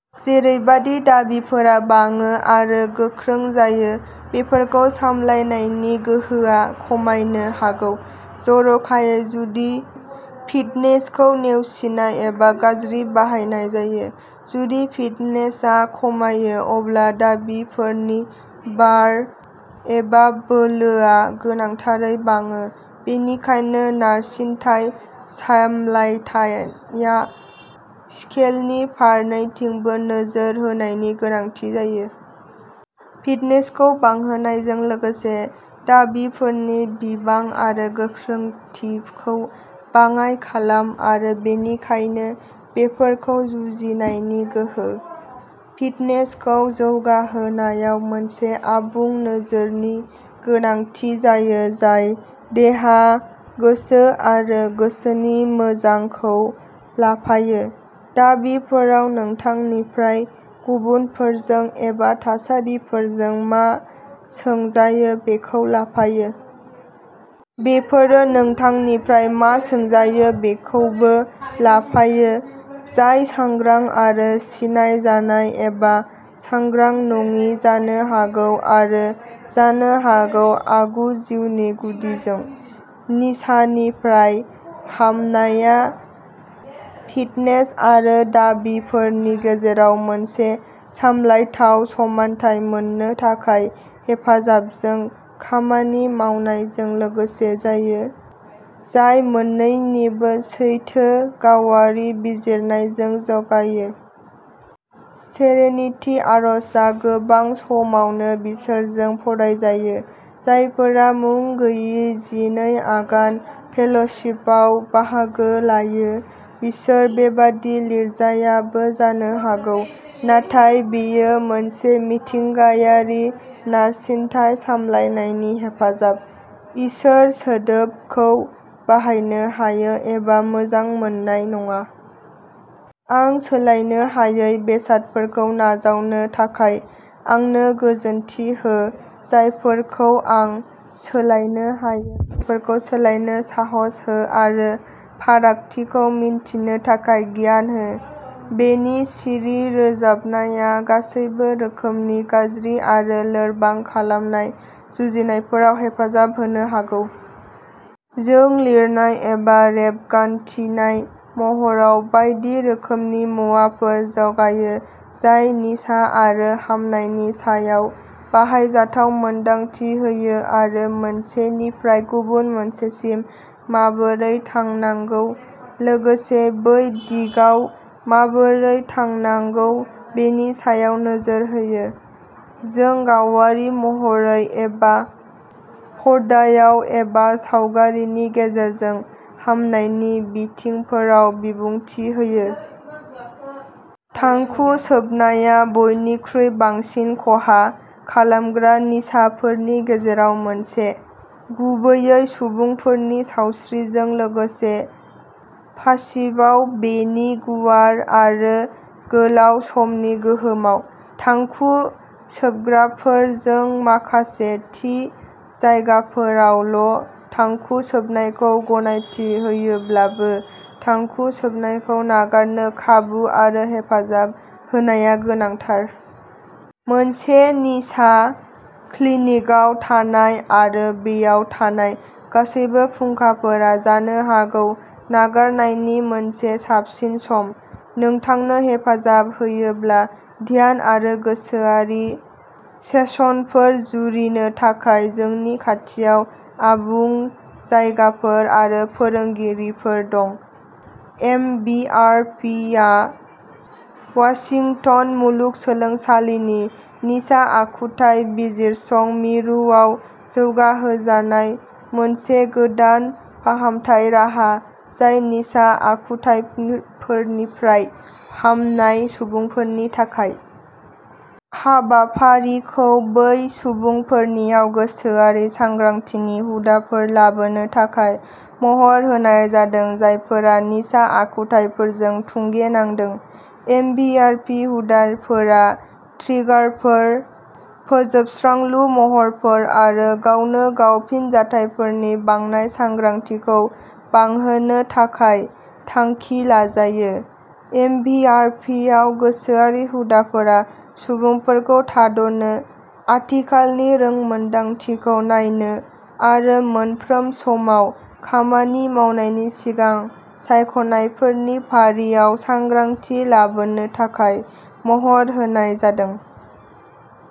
जेरैबादि दाबिफोरा बाङो आरो गोख्रों जायो, बेफोरखौ सामलायनायनि गोहोआ खमायनो हागौ, जर'खायै जुदि फिटनेसखौ नेवसिनाय एबा गाज्रि बाहायनाय जायो। जुदि फिटनेसआ खमायो, अब्ला दाबिफोरनि भार एबा बोलोआ गोनांथारै बाङो। बेनिखायनो नारसिनथाय सामलायथाया स्केलनि फारनैथिंबो नोजोर होनायनि गोनांथि जायो। फिटनेसखौ बांहोनायजों लोगोसे दाबिफोरनि बिबां आरो गोख्रोंथिखौ बाङाइ खालाम आरो बेनिखायनो बेफोरखौ जुजिनायनि गोहो। फिटनेसखौ जौगाहोनायाव मोनसे आबुं नोजोरनि गोनांथि जायो जाय देहा, गोसो आरो गोसोनि मोजांखौ लाफायो। दाबिफोराव नोंथांनिफ्राय गुबुनफोरजों एबा थासारिफोरजों मा सोंजायो बेखौ लाफायो। बेफोरो नोंथांनिफ्राय मा सोंजायो बेखौबो लाफायो, जाय सांग्रां आरो सिनायजानाय एबा सांग्रां नङि जानो हागौ आरो जानो हागौ आगु जिउनि गुदिजों। निसानिफ्राय हामनाया फिटनेस आरो दाबिफोरनि गेजेराव मोनसे सामलायथाव समानथाय मोन्नो थाखाय हेफाजाबजों खामानि मावनायजों लोगोसे जायो, जाय मोन्नैनिबो सैथो गावारि बिजिरनायजों जागायो। सेरेनिटी आरजआ गोबां समावनो बैसोरजों फरायजायो। जायफोरा मुं गोयि जिनै आगान फेल'शिपआव बाहागो लायो, बिसोर बेबादि लिरजायाबो जानो हागौ, नाथाय बेयो मोनसे मिथिंगायारि नारसिनथाय सामलायनायनि हेफाजाब। इसोर सोदोबखौ बाहायनो हायो एबा मोजां मोननाय नङा। आं सोलायनो हायै बेसादफोरखौ नाजावनो थाखाय आंनो गोजोनथि हो, जायफोरखौ आं सोलायनो हायो बेफोरखौ सोलायनो साहस हो आरो फारागथिखौ मिन्थिनो थाखाय गियान हो। बेनि सिरि रोजाबनाया गासैबो रोखोमनि गाज्रि आरो लोरबां खालामनाय जुजिनायफोराव हेफाजाब होनो हागौ। जों लिरनाय एबा रेबगान्थिनाय महराव बायदि रोखोमनि मुवाफोर जगायो जाय निसा आरो हामनायनि सायाव बाहायजाथाव मोनदांथि होयो आरो मोनसेनिफ्राय गुबुन मोनसेसिम माबोरै थांनांगौ, लोगोसे बै दिगाव माबोरै थांनांगौ बेनि सायाव नोजोर होयो। जों गावारि महरै एबा पर्दायाव एबा सावगारिनि गेजेरजों हामनायनि बिथिंफोराव बिबुंथि होयो। थांखु सोबनाया बयनिख्रुइ बांसिन खहा खालामग्रा निसाफोरनि गेजेराव मोनसे, गुबैयै सुबुंफोरनि सावस्रिजों लोगोसे पासिभआव बेनि गुवार आरो गोलाव समनि गोहोमआव। थांखु सोबग्राफोर जों माखासे थि जायगाफोरावल' थांखु सोबनायखौ गनायथि होयोब्लाबो, थांखु सोबनायखौ नागारनो खाबु आरो हेफाजाब होनाया गोनांथार। मोनसे निसा क्लिनिकआव थानाय आरो बेयाव थानाय गासैबो फुंखाफोरा जानो हागौ नागारनायनि मोनसे साबसिन सम। नोंथांनो हेफाजाब होयोब्ला ध्यान आरो गोसोआरि सेसनफोर जुरिनो थाखाय जोंनि खाथियाव आबुं जायगाफोर आरो फोरोंगिरिफोर दं। एमबिआरपिआ वाशिंटन मुलुगसोलोंसालिनि निसा आखुथाय बिजिरसं मिरुआव जौगाहोजानाय मोनसे गोदान फाहामथाय राहा, जाय निसा आखुथायफोरनिफ्राय हामनाय सुबुंफोरनि थाखाय। हाबाफारिखौ बै सुबुंफोरनियाव गोसोआरि सांग्रांथिनि हुदाफोर लाबोनो थाखाय महर होनाय जादों जायफोरा निसा आखुथायफोरजों भुगिनांदों। एमबिआरपि हुदाफोरा ट्रिगारफोर, फोजोबस्रांलु महरफोर आरो गावनो गाव फिनजाथायफोरनि बांनाय सांग्रांथिखौ बांहोनो थाखाय थांखि लाजायो। एमबिआरपिआव गोसोआरि हुदाफोरा सुबुंफोरखौ थाद'नो, आथिखालनि रोंमोनदांथिखौ नायनो आरो मोनफ्रोम समाव खामानि मावनायनि सिगां सायख'नायफोरनि फारियाव सांग्रांथि लाबोनो थाखाय महर होनाय जादों।